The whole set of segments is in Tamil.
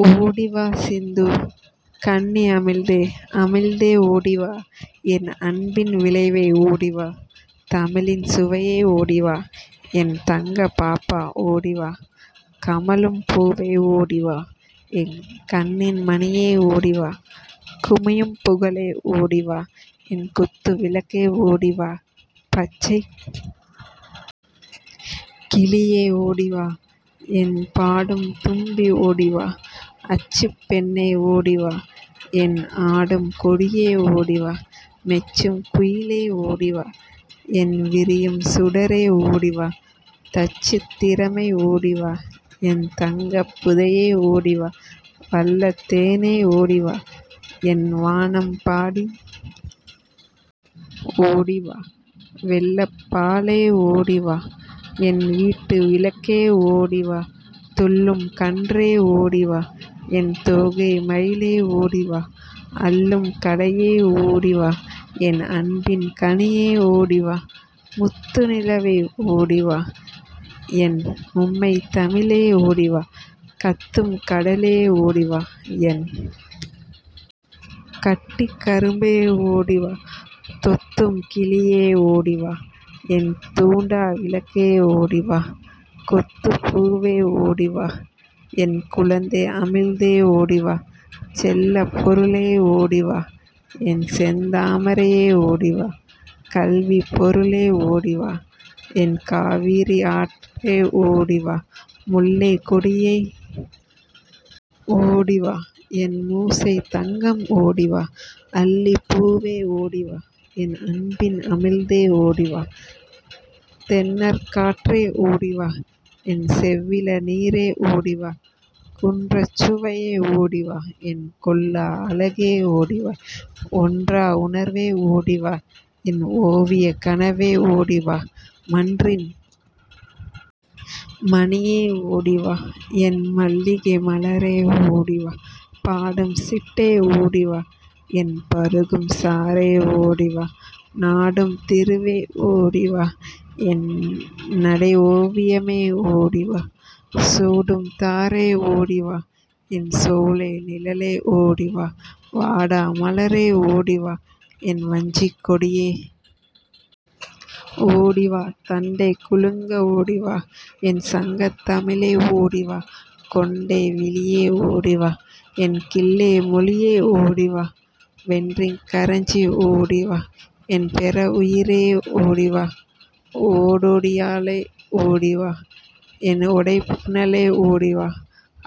ஓடி வா சிந்து கண்ணி அமிழ்தே அமிழ்தே ஓடிவா என் அன்பின் விளைவே ஓடிவா தமிழின் சுவையே ஓடிவா என் தங்கப் பாப்பா ஓடிவா கமழும் பூவே ஓடிவா என் கண்ணின் மணியே ஓடிவா குமியும் புகழே ஓடிவா என் குத்து விளக்கே ஓடிவா பச்சைக் கிளியே ஓடிவா என் பாடும் தும்பி ஓடிவா அச்சுப் பெண்ணே ஓடிவா என் ஆடும் கொடியே ஓடிவா மெச்சும் குயிலே ஓடிவா என் விரியும் சுடரே ஓடிவா தச்சுத் திறமை ஓடிவா என் தங்கப் புதையே ஓடிவா வள்ளத் தேனே ஓடிவா என் வானம் பாடி ஓடிவா வெள்ளப் பாலே ஓடிவா என் வீட்டு விளக்கே ஓடிவா துள்ளும் கன்றே ஓடிவா என் தோகை மயிலே ஓடிவா அள்ளும் சுளையே ஓடிவா என் அன்பின் கனியே ஓடிவா முத்து நிலாவே ஓடிவா என் மும்மைத் தமிழே ஓடிவா கத்தும் கடலே ஓடிவா என் கட்டிக் கரும்பே ஓடிவா தொத்தும் கிளியே ஓடிவா என் தூண்டா விளக்கே ஓடிவா கொத்துப் பூவே ஓடிவா என் குழந்தை அமிழ்தே ஓடிவா செல்வப் பொருளே ஓடிவா என் செந்தா மரையே ஓடிவா கல்விப் பொருளே ஓடிவா என் காவிரி ஆறே ஓடிவா முல்லைக் கொடியே ஓடிவா என் மூசைத் தங்கம் ஓடிவா அல்லிப் பூவே ஓடிவா என் அன்பின் அமிழ்தே ஓடிவா தென்றற் காற்றே ஓடிவா என் செவ்விள நீரே ஓடிவா குன்றாச் சுவையே ஓடிவா என் கொள்ளா அழகே ஓடிவா ஒன்றா உணர்வே ஓடிவா-என் ஓவியக் கனவே ஓடிவா மன்றின் மணியே ஓடிவா என் மல்லிகை மலரே ஓடிவா பாடும் சிட்டே ஓடிவா என் பருகும் சாறே ஓடிவா நாடும் திருவே ஓடிவா என் நடைஓ வியமே ஓடிவா சூடும் தாரே ஓடிவா என் சோலை நிழலே ஓடிவா வாடா மலரே ஓடிவா என் வஞ்சிக் கொடியே ஓடிவா தண்டை குலுங்க ஓடிவா என் சங்கத் தமிழே ஓடிவா கெண்டை விழியே ஓடிவா என் கிள்ளை மொழியே ஓடிவா பெண்டிர்க் கரசி ஓடிவா என் பேறே உயிரே ஓடிவா ஒண்டொடியாளே ஓடிவா என் ஓடைப் புனலே ஓடிவா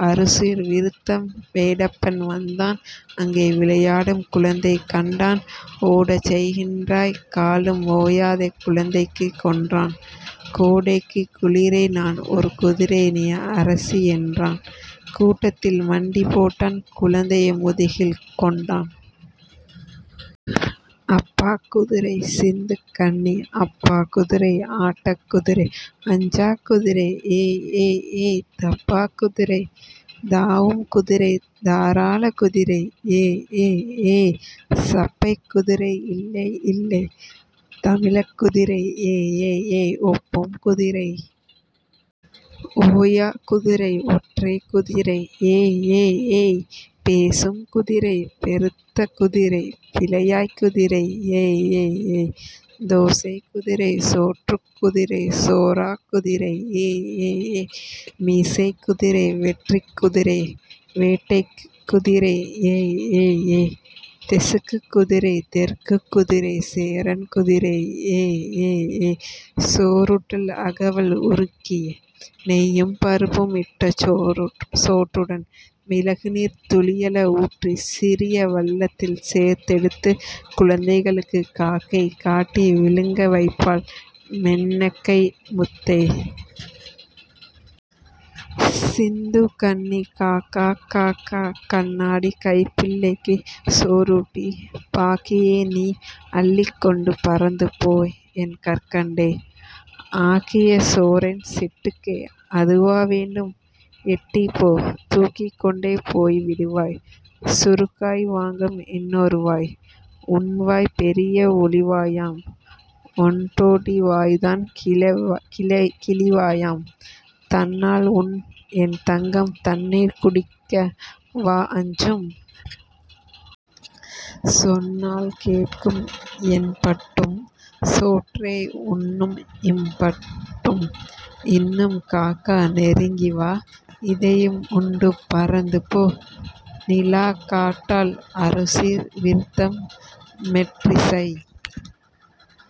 அறுசீர் விருத்தம் வேடப்பன் வந்தான் அங்கே விளையாடும் குழந்தை கண்டான் ஓடச்செய்கின்றாய் காலும் ஓயாதோ குழந்தைக் கென்றான் கோடைக்குக் குளிரே நான் ஓர் குதிரை நீஅரசி என்றான் கூடத்தில் மண்டி போட்டான் குழந்தையை முதுகில் கொண்டான். அப்பாக் குதிரை சிந்துக் கண்ணி அப்பாக் குதிரை ஆட்டக் குதிரை அஞ்சாக் குதிரை ஏய் ஏய் ஏய் தப்பாக் குதிரை தாவும் குதிரை தளராக் குதிரை ஏய் ஏய் ஏய் சப்பைக் குதிரை இல்லை இல்லை தமிழக் குதிரை ஏய் ஏய் ஏய் ஒப்பும் குதிரை ஓயாக் குதிரை ஒற்றைக் குதிரை ஏய் ஏய் ஏய் பேசும் குதிரை பெருத்த குதிரை பிழையாக் குதிரை ஏய் ஏய் ஏய் தோசைக் குதிரை சோற்றுக் குதிரை சோராக் குதிரை ஏய் ஏய் ஏய் மீசைக் குதிரை வெற்றிக் குதிரை வேட்டைக் குதிரை ஏய் ஏய் ஏய் தேசுக் குதிரை தெற்குக் குதிரை சேரன் குதிரை ஏய் ஏய் ஏய் சோறூட்டல் அகவல் உருக்கிய நெய்யும் பருப்பும் இட்ட சோற்றுடன் மிளகுநீர் துளியள வூற்றிச் சிறிய வள்ளத்தில் சேர்த்தெ டுத்துக் குழந்தைக்குக் காக்கை காட்டி விழுங்க வைப்பாள் மென்னகை முத்தே. சிந்து கண்ணி காக்கா காக்கா கண்ணாட்டி கைப்பிள்ளைக்குச் சோறூட்டி பாக்கியை நீ அள்ளிக்கொண்டே பறந்துபோ என் கற்கண்டே. ஆக்கிய சோறென் சிட்டுக்கே அதுவா வேண்டும் எட்டிப்போ தூக்கிக் கொண்டா போய்விடுவாய் சுருக்காய் வாங்கும் இன்னொருவாய். உன்வாய் பெரிய ஒளிவாயாம் ஒண்டொடி வாய்தான் கிளிவாயாம் தன்னால்உண்ணும் என்தங்கம் தண்ணீர் குடிக்க வா அஞ்சும்? சொன்னால் கேட்கும் என்பட்டும் சோற்றை உண்ணும் இம் மட்டும் இன்னும் காக்கா நெருங்கிவா இதையும் உண்டு பறந்துபோ. நிலாக் காட்டல் அறுசீர் விருத்தம் மேற்றிசை